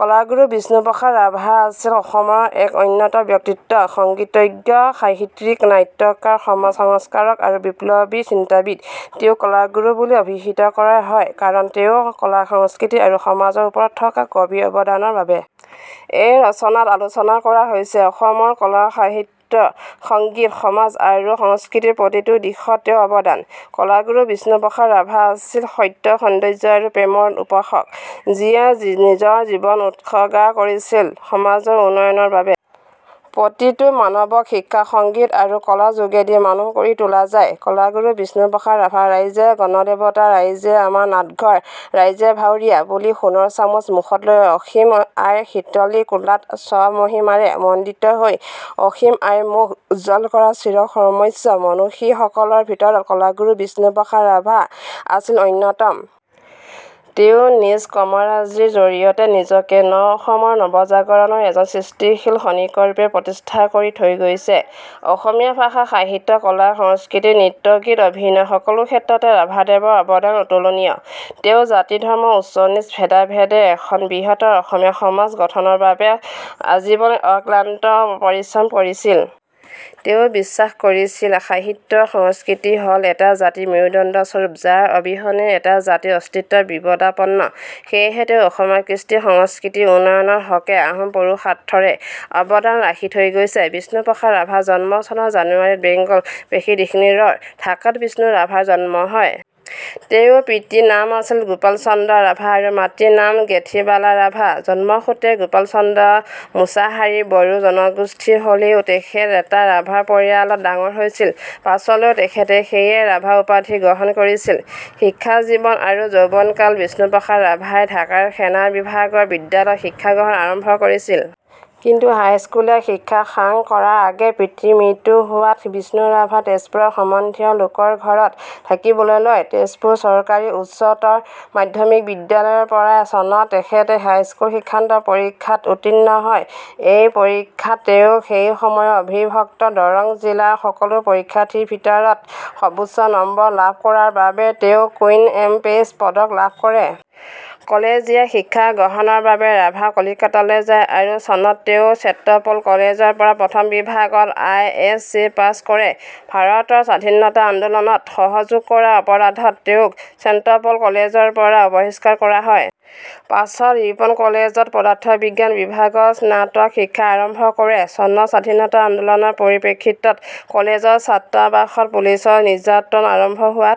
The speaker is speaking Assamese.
কলাগুৰু বিষ্ণু প্ৰসাদ ৰাভা আছিল অসমৰ এক অনন্য ব্যক্তিত্ব — সংগীতজ্ঞ, সাহিত্যিক, নাট্যকাৰ, সমাজসংস্কাৰক আৰু বিপ্লবী চিন্তাবিদ। তেওঁক "কলাগুৰু" বুলি অভিহিত কৰা হয় কাৰণ তেওঁৰ কলা, সংস্কৃতি আৰু সমাজৰ ওপৰত থকা গভীৰ অৱদানৰ বাবে। এই ৰচনাত আলোচনা কৰা হৈছে অসমৰ কলা, সাহিত্য, সংগীত, সমাজ, আৰু সংস্কৃতিৰ প্ৰতিটো দিশত তেওঁৰ অবদান। কলাগুৰু বিষ্ণু প্ৰসাদ ৰাভা আছিল "সত্য, সৌন্দৰ্য আৰু প্ৰেমৰ উপাসক", যিয়ে নিজৰ জীৱন উৎসৰ্গা কৰিছিল সমাজৰ উন্নয়নৰ বাবে। "প্ৰতিটো মানৱক শিক্ষা, সংগীত আৰু কলাৰ যোগেদি মানুহ কৰি তোলা যায়। "— কলাগুৰু বিষ্ণু প্ৰসাদ ৰাভা "ৰাইজে গণদেৱতা, ৰাইজেই আমাৰ নাটঘৰ, ৰাইজেই ভাৱঁৰীয়া"– বুলি সোণৰ চামুচ মুখত লৈ অসীম আইৰ শীতলী কোলাত স্ব-মহিমাৰে মণ্ডিত হৈ অসীম আইৰ মুখ উজ্জ্বল কৰা চিৰ নমস্য মনিষীসকলৰ ভিতৰত কলাগুৰু বিষ্ণু প্ৰসাদ ৰাভা আছিল অন্যতম। তেওঁ নিজ কৰ্মৰাজিৰ জড়িয়তে নিজকে ন অসমৰ নৱজাগৰণৰ এজন সৃষ্টিশীল খনিকৰ ৰূপে প্ৰতিষ্ঠা কৰি থৈ গৈছে। অসমীয়া ভাষা- সাহিত্য, কলা-সংস্কৃতি, গীত-নৃত্য, অভিনয় সকলো ক্ষেত্ৰতে ৰাভাদেৱৰ অৱদান অতুলনীয়। তেওঁ জাতি, ধৰ্ম, উচ্চ-নীচ ভেদা ভেদে এখন বৃহত্তৰ অসমীয়া সমাজ গঠনৰ বাবে আজীৱন অক্লান্ত পৰিশ্ৰম কৰিছিল। তেওঁ বিশ্বাস কৰিছিল সাহিত্য-সংস্কৃতি হ'ল এটা জাতিৰ মেৰুদণ্ডস্বৰূপ, যাৰ অবিহনে এটা জাতিৰ অস্তিত্ব বিপদাপন্ন। সেয়েহে তেওঁ অসমীয়া কৃষ্টি-সংস্কৃতিৰ উন্নয়নৰ হকে অহোপুৰুষাৰ্থৰে অৱদান ৰাখি থৈ গৈছে। বিষ্ণু প্ৰসাদ ৰাভা- জন্ম: চনৰ জানুৱাৰীত বেঙ্গল প্ৰেসিডেন্সি ৰ ঢাকাত বিষ্ণু ৰাভাৰ জন্ম হয়। তেওঁৰ পিতৃৰ নাম আছিল গোপাল চন্দ্ৰ ৰাভা আৰু মাতৃৰ নাম গেথীবালা ৰাভা। জন্মসূত্ৰে গোপাল চন্দ্ৰ মুছাহাৰী বড়ো জনগোষ্ঠীৰ হ'লেও তেখেত এটা ৰাভা পৰিয়ালত ডাঙৰ হৈছিল। পাছলৈ তেখেতে সেয়ে 'ৰাভা' উপাধি গ্ৰহণ কৰিছিল। শিক্ষাজীৱন আৰু যৌৱনকাল: বিষ্ণুপ্ৰসাদ ৰাভাই ঢাকাৰ সেনা বিভাগৰ বিদ্যালয়ত শিক্ষা গ্ৰহণ আৰম্ভ কৰিছিল। কিন্তু হাইস্কুলীয়া শিক্ষা সাং কৰাৰ আগেয়েই পিতৃৰ মৃত্যু হোৱাত বিষ্ণু ৰাভা তেজপুৰত সম্বন্ধীয় লোকৰ ঘৰত থাকিবলৈ লয়। তেজপুৰ চৰকাৰী উচ্চতৰ মাধ্যমিক বিদ্যালয়ৰ পৰাই চনত তেখেতে হাইস্কুল শিক্ষান্ত পৰীক্ষাত উত্তীৰ্ণ হয়। এই পৰীক্ষাত তেওঁ সেই সময়ৰ অবিভক্ত দৰং জিলাৰ সকলো পৰীক্ষাৰ্থীৰ ভিতৰত সৰ্বোচ্চ নম্বৰ লাভ কৰাৰ বাবে তেওঁ 'কুইন এমপ্ৰেছ' পদক লাভ কৰে। কলেজীয়া শিক্ষা গ্ৰহণৰ বাবে ৰাভা কলিকতালৈ যায় আৰু চনত তেওঁ চেণ্টপল' কলেজৰ পৰা প্ৰথম বিভাগত আই এছ ছি পাছ কৰে।। ভাৰতৰ স্বাধীনতা আন্দোলনত সহযোগ কৰাৰ অপৰাধত তেওঁক চেণ্টপল' কলেজৰ পৰা বহিষ্কাৰ কৰা হয়। পাছত ৰিপন কলেজত পদাৰ্থ বিজ্ঞান বিভাগত স্নাতক শিক্ষা আৰম্ভ কৰে। চনত স্বাধীনতা আন্দোলনৰ পৰিপ্ৰেক্ষিতত কলেজৰ ছাত্ৰাবাসত পুলিচৰ নিৰ্যাতন আৰম্ভ হোৱাত